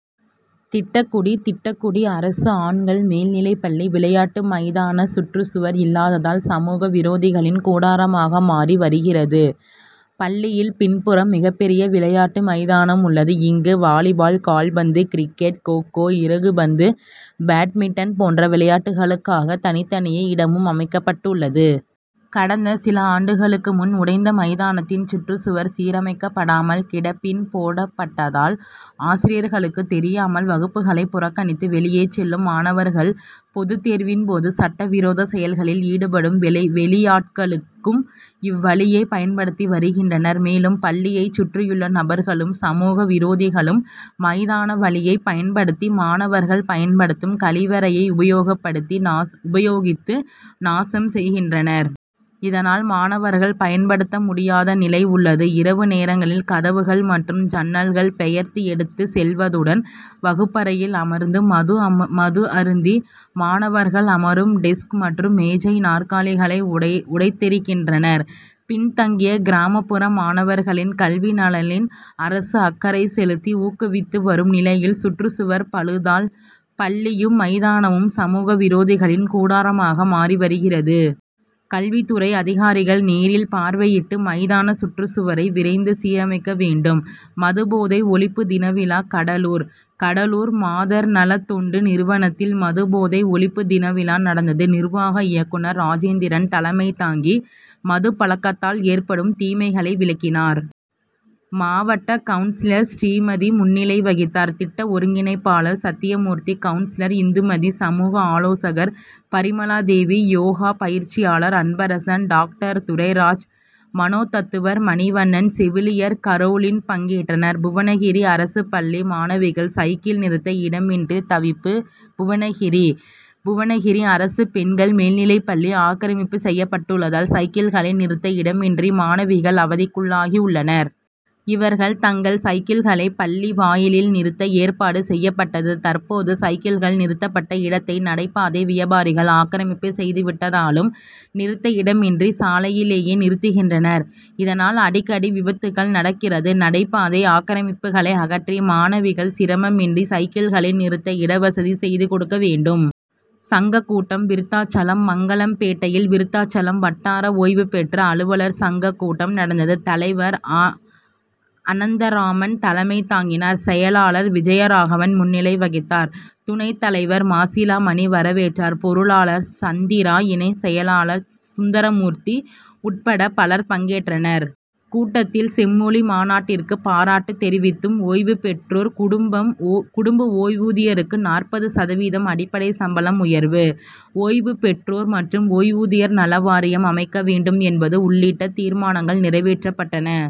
திட்டக்குடி திட்டக்குடி அரசு ஆண் கள் மேல்நிலைப் பள்ளி விளையாட்டு மைதான சுற்றுச்சுவர் இல்லாததால் சமூக விரோதிகளின் கூடாரமாக மாறி வருகிறது. பள்ளியின் பின்புறம் மிகப்பெரிய விளையாட்டு மைதானம் உள்ளது. இங்கு வாலிபால், கால்பந்து, கிரிக் கெட், கோ-கோ, இறகுப் பந்து, பேட்மிட்டன் போன்ற விளையாட்டுகளுக்காக தனித்தனியே இடமும் அமைக்கப்பட் டுள்ளது. கடந்த சில ஆண்டுகளுக்கு முன் உடைந்த மைதானத்தின் சுற்றுச் சுவர் சீரமைக்கப்படாமல் கிடப்பில் போடப் பட்டதால் ஆசிரியர்களுக்கு தெரியாமல் வகுப் புகளை புறக்கணித்து வெளியே செல்லும் மாணவர்களும், பொதுத்தேர் வின் போது சட்ட விரோத செயல்களில் ஈடுபடும் வெளியாட்களும் இவ்வழியை பயன் படுத்தி வருகின்றனர். மேலும் பள்ளியைச் சுற்றியுள்ள நபர்களும், சமூக விரோதிகளும் மை தான வழியை பயன் படுத்தி மாணவர்கள் பயன் படுத்தும் கழிவறையை உபயோகித்து நாசம் செய்கின்றனர். இதனால் மாணவர்கள் பயன்படுத்த முடியாத நிலை உள்ளது. இரவு நேரங்களில் கதவுகள் மற்றும் ஜன்னல்கள் பெயர்த்து எடுத்துச் செல் வதுடன் வகுப்பறைகளில் அமர்ந்து மது அருந்தி மாணவர்கள் அமரும் டெஸ்க் மற்றும் மேஜை, நாற்காலிகளை உடைத் தெறிகின்றனர். பின்தங்கிய, கிராமப் புற மாணவர்களின் கல்வி நலனில் அரசு அக் கறை செலுத்தி ஊக்குவித்து வரும் நிலையில் சுற்றுச்சுவர் பழுதால் பள் ளியும், மைதானமும் சமூக விரோதிகளின் கூடாரமாக மாறி வருகிறது. கல்வித்துறை அதிகாரிகள் நேரில் பார்வையிட்டு மைதான சுற்றுச் சுவரை விரைந்து சீரமைக்க வேண்டும். மது போதை ஒழிப்பு தினவிழா கடலூர்: கடலூர் மாதர் நல தொண்டு நிறுவனத்தில் மது போதை ஒழிப்பு தின விழா நடந்தது. நிர்வாக இயக்குனர் ராஜேந்திரன் தலைமை தாங்கி மது பழக்கத்தால் ஏற்படும் தீமைகளை விளக்கினார். மாவட்ட கவுன்சிலர் ஸ்ரீமதி முன்னிலை வகித்தார். திட்ட ஒருங்கிணைப்பா ளர் சத்தியமூர்த்தி, கவுன் சிலர் இந்துமதி, சமூக ஆலோசகர் பரிமளாதேவி, யோகா பயிற்சியாளர் அன்பரசன், டாக் டர் துரைராஜ், மனோதத்துவர் மணிவண்ணன், செவிலியர் கரோலின் பங்கேற்றனர். புவனகிரி அரசு பள்ளி மாணவிகள் சைக்கிள் நிறுத்த இடமின்றி தவிப்பு புவனகிரி: புவனகிரி அரசு பெண் கள் மேல்நிலைப் பள்ளியில் ஆக்கிரமிப்பு செய்யப் பட்டுள்ளதால் சைக்கிள் களை நிறுத்த இடமின்றி மாணவிகள் அவதிக்குள்ளாகியுள்ளனர். இவர்கள் தங்கள் சைக்கிள்களை பள்ளி வாயிலில் நிறுத்த ஏற்பாடு செய்யப்பட்டது. தற்போது சைக்கிள்கள் நிறுத்தப்பட்ட இடத்தை நடைபாதை வியாபாரிகள் ஆக்கிரமிப்பு செய்து விட்டதாலும் நிறுத்த இடமின்றி சாலையிலேயே நிறுத்துகின்றனர். இதனால் அடிக்கடி விபத்துகள் நடக்கிறது. நடைபாதை ஆக்கிரமிப்புகளை அகற்றி மாணவிகள் சிரமமின்றி சைக்கிள்கள் நிறுத்த இடவசதி செய்து கொடுக்க வேண்டும். சங்க கூட்டம் விருத்தாசலம்: மங்கலம்பேட்டையில் விருத்தாசலம் வட்டார ஓய்வு பெற்ற அலுவலர் சங்க கூட்டம் நடந்தது. தலைவர் அனந்தராமன் தலைமை தாங்கினார். செயலாளர் விஜயராகவன் முன்னிலை வகித்தார். துணைத் தலைவர் மாசிலாமணி வரவேற்றார். பொருளா ளர் சந்திரா, இணை செயலாளர் சுந்தரமூர்த்தி உட்பட பலர் பங்கேற்றனர். கூட்டத்தில் செம் மொழி மாநாட்டிற்கு பாராட்டு தெரிவித்தும், ஓய்வு பெற்றோர் குடும்ப ஓய்வூதியருக்கு நாற்பது சதவீதம் அடிப்படை சம்பள உயர்வு. ஓய்வு பெற்றோர் மற் றும் ஓய்வூதியர் நலவாரியம் அமைக்க வேண்டும் என்பது உள்ளிட்ட தீர்மானங்கள் நிறைவேற்றப் பட்டன.